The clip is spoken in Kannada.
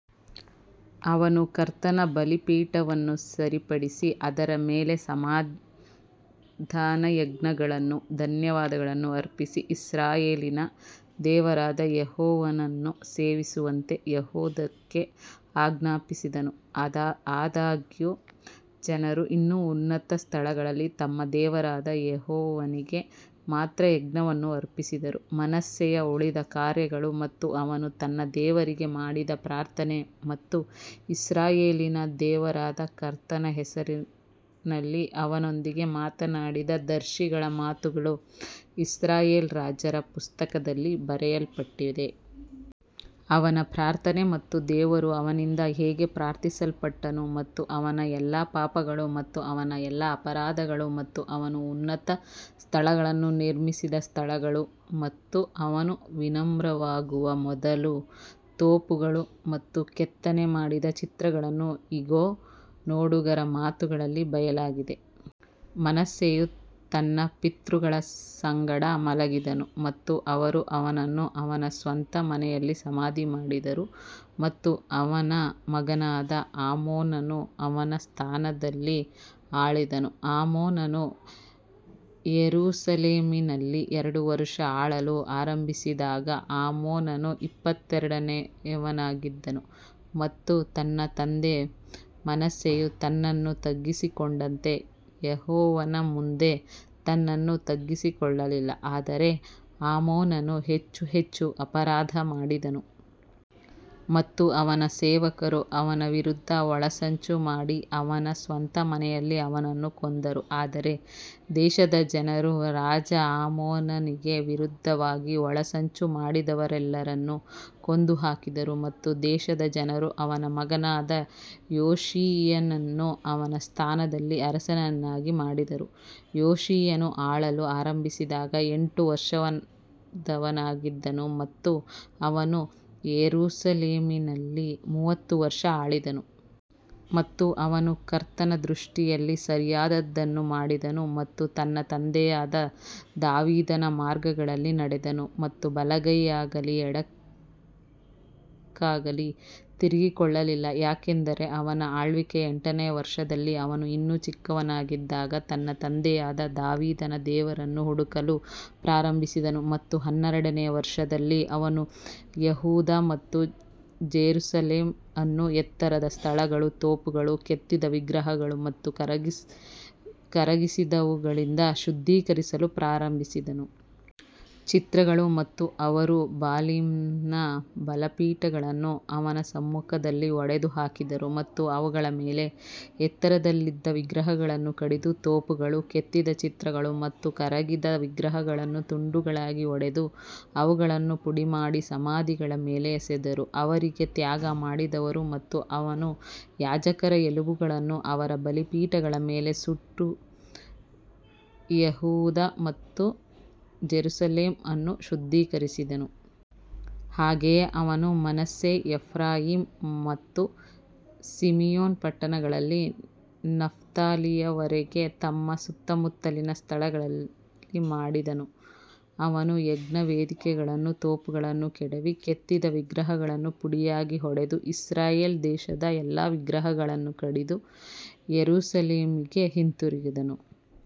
ಅವನು ಕರ್ತನ ಬಲಿಪೀಠವನ್ನು ಸರಿಪಡಿಸಿ ಅದರ ಮೇಲೆ ಸಮಾಧಾನಯಜ್ಞಗಳನ್ನೂ ಧನ್ಯವಾದಗಳನ್ನೂ ಅರ್ಪಿಸಿ ಇಸ್ರಾಯೇಲಿನ ದೇವರಾದ ಯೆಹೋವನನ್ನು ಸೇವಿಸುವಂತೆ ಯೆಹೂದಕ್ಕೆ ಆಜ್ಞಾಪಿಸಿದನು. ಆದಾಗ್ಯೂ ಜನರು ಇನ್ನೂ ಉನ್ನತ ಸ್ಥಳಗಳಲ್ಲಿ ತಮ್ಮ ದೇವರಾದ ಯೆಹೋವನಿಗೆ ಮಾತ್ರ ಯಜ್ಞವನ್ನು ಅರ್ಪಿಸಿದರು ಮನಸ್ಸೆಯ ಉಳಿದ ಕಾರ್ಯಗಳು ಮತ್ತು ಅವನು ತನ್ನ ದೇವರಿಗೆ ಮಾಡಿದ ಪ್ರಾರ್ಥನೆ ಮತ್ತು ಇಸ್ರಾಯೇಲಿನ ದೇವರಾದ ಕರ್ತನ ಹೆಸರಿನಲ್ಲಿ ಅವನೊಂದಿಗೆ ಮಾತನಾಡಿದ ದರ್ಶಿಗಳ ಮಾತುಗಳು ಇಸ್ರಾಯೇಲ್ ರಾಜರ ಪುಸ್ತಕದಲ್ಲಿ ಬರೆಯಲ್ಪಟ್ಟಿವೆ. ಅವನ ಪ್ರಾರ್ಥನೆ ಮತ್ತು ದೇವರು ಅವನಿಂದ ಹೇಗೆ ಪ್ರಾರ್ಥಿಸಲ್ಪಟ್ಟನು ಮತ್ತು ಅವನ ಎಲ್ಲಾ ಪಾಪಗಳು ಮತ್ತು ಅವನ ಅಪರಾಧಗಳು ಮತ್ತು ಅವನು ಉನ್ನತ ಸ್ಥಳಗಳನ್ನು ನಿರ್ಮಿಸಿದ ಸ್ಥಳಗಳು ಮತ್ತು ಅವನು ವಿನಮ್ರವಾಗುವ ಮೊದಲು ತೋಪುಗಳು ಮತ್ತು ಕೆತ್ತನೆ ಮಾಡಿದ ಚಿತ್ರಗಳನ್ನು ಇಗೋ, ನೋಡುಗರ ಮಾತುಗಳಲ್ಲಿ ಬರೆಯಲಾಗಿದೆ. ಮನಸ್ಸೆಯು ತನ್ನ ಪಿತೃಗಳ ಸಂಗಡ ಮಲಗಿದನು ಮತ್ತು ಅವರು ಅವನನ್ನು ಅವನ ಸ್ವಂತ ಮನೆಯಲ್ಲಿ ಸಮಾಧಿ ಮಾಡಿದರು ಮತ್ತು ಅವನ ಮಗನಾದ ಆಮೋನನು ಅವನ ಸ್ಥಾನದಲ್ಲಿ ಆಳಿದನು. ಆಮೋನನು ಯೆರೂಸಲೇಮಿನಲ್ಲಿ ಎರಡು ವರುಷ ಆಳಲು ಆರಂಭಿಸಿದಾಗ ಆಮೋನನು ಇಪ್ಪತ್ತೆರಡನೆಯವನಾಗಿದ್ದನು ಮತ್ತು ತನ್ನ ತಂದೆ ಮನಸ್ಸೆಯು ತನ್ನನ್ನು ತಗ್ಗಿಸಿಕೊಂಡಂತೆ ಯೆಹೋವನ ಮುಂದೆ ತನ್ನನ್ನು ತಗ್ಗಿಸಿಕೊಳ್ಳಲಿಲ್ಲ ಆದರೆ ಆಮೋನನು ಹೆಚ್ಚು ಹೆಚ್ಚು ಅಪರಾಧ ಮಾಡಿದನು. ಮತ್ತು ಅವನ ಸೇವಕರು ಅವನ ವಿರುದ್ಧ ಒಳಸಂಚು ಮಾಡಿ ಅವನ ಸ್ವಂತ ಮನೆಯಲ್ಲಿ ಅವನನ್ನು ಕೊಂದರು ಆದರೆ ದೇಶದ ಜನರು ರಾಜ ಆಮೋನನಿಗೆ ವಿರುದ್ಧವಾಗಿ ಒಳಸಂಚು ಮಾಡಿದವರೆಲ್ಲರನ್ನು ಕೊಂದುಹಾಕಿದರು ಮತ್ತು ದೇಶದ ಜನರು ಅವನ ಮಗನಾದ ಯೋಷೀಯನನ್ನು ಅವನ ಸ್ಥಾನದಲ್ಲಿ ಅರಸನನ್ನಾಗಿ ಮಾಡಿದರು. ಯೋಷೀಯನು ಆಳಲು ಆರಂಭಿಸಿದಾಗ ಎಂಟು ವರ್ಷದವನಾಗಿದ್ದನು ಮತ್ತು ಅವನು ಯೆರೂಸಲೇಮಿನಲ್ಲಿ ಮೂವತ್ತು ವರ್ಷ ಆಳಿದನು. ಮತ್ತು ಅವನು ಕರ್ತನ ದೃಷ್ಟಿಯಲ್ಲಿ ಸರಿಯಾದದ್ದನ್ನು ಮಾಡಿದನು ಮತ್ತು ತನ್ನ ತಂದೆಯಾದ ದಾವೀದನ ಮಾರ್ಗಗಳಲ್ಲಿ ನಡೆದನು ಮತ್ತು ಬಲಗೈಯಾಗಲಿ ಎಡಕ್ಕಾಗಲಿ ತಿರುಗಿಕೊಳ್ಳಲಿಲ್ಲ. ಯಾಕಂದರೆ ಅವನ ಆಳ್ವಿಕೆಯ ಎಂಟನೆಯ ವರ್ಷದಲ್ಲಿ ಅವನು ಇನ್ನೂ ಚಿಕ್ಕವನಾಗಿದ್ದಾಗ ತನ್ನ ತಂದೆಯಾದ ದಾವೀದನ ದೇವರನ್ನು ಹುಡುಕಲು ಪ್ರಾರಂಭಿಸಿದನು ಮತ್ತು ಹನ್ನೆರಡನೆಯ ವರ್ಷದಲ್ಲಿ ಅವನು ಯೆಹೂದ ಮತ್ತು ಜೆರುಸಲೆಮ್ ಅನ್ನು ಎತ್ತರದ ಸ್ಥಳಗಳು, ತೋಪುಗಳು, ಕೆತ್ತಿದ ವಿಗ್ರಹಗಳು ಮತ್ತು ಕರಗಿಸಿದವುಗಳಿಂದ ಶುದ್ಧೀಕರಿಸಲು ಪ್ರಾರಂಭಿಸಿದನು. ಚಿತ್ರಗಳು ಮತ್ತು ಅವರು ಬಾಲಿಮ್ನ ಬಲಿಪೀಠಗಳನ್ನು ಅವನ ಸಮ್ಮುಖದಲ್ಲಿ ಒಡೆದು ಹಾಕಿದರು ಮತ್ತು ಅವುಗಳ ಮೇಲೆ ಎತ್ತರದಲ್ಲಿದ್ದ ವಿಗ್ರಹಗಳನ್ನು ಕಡಿದು, ತೋಪುಗಳು, ಕೆತ್ತಿದ ಚಿತ್ರಗಳು ಮತ್ತು ಕರಗಿದ ವಿಗ್ರಹಗಳನ್ನು ತುಂಡುಗಳಾಗಿ ಒಡೆದು ಅವುಗಳನ್ನು ಪುಡಿಮಾಡಿ ಸಮಾಧಿಗಳ ಮೇಲೆ ಎಸೆದರು. ಅವರಿಗೆ ತ್ಯಾಗ ಮಾಡಿದವರು ಮತ್ತು ಅವನು ಯಾಜಕರ ಎಲುಬುಗಳನ್ನು ಅವರ ಬಲಿಪೀಠಗಳ ಮೇಲೆ ಸುಟ್ಟು ಯೆಹೂದ ಮತ್ತು ಜೆರುಸಲೆಮ್ ಅನ್ನು ಶುದ್ಧೀಕರಿಸಿದನು. ಹಾಗೆಯೇ ಅವನು ಮನಸ್ಸೆ, ಎಫ್ರಾಯೀಮ್ ಮತ್ತು ಸಿಮಿಯೋನ್ ಪಟ್ಟಣಗಳಲ್ಲಿ ನಫ್ತಾಲಿಯ ವರೆಗೆ ತಮ್ಮ ಸುತ್ತುಮುತ್ತಲಿನ ಸ್ಥಳಗಳಲ್ಲಿ ಮಾಡಿದನು. ಅವನು ಯಜ್ಞವೇದಿಗಳನ್ನೂ ತೋಪುಗಳನ್ನೂ ಕೆಡವಿ ಕೆತ್ತಿದ ವಿಗ್ರಹಗಳನ್ನು ಪುಡಿಯಾಗಿ ಹೊಡೆದು ಇಸ್ರಾಯೇಲ್ ದೇಶದ ಎಲ್ಲಾ ವಿಗ್ರಹಗಳನ್ನು ಕಡಿದು ಯೆರೂಸಲೇಮಿಗೆ ಹಿಂದಿರುಗಿದನು.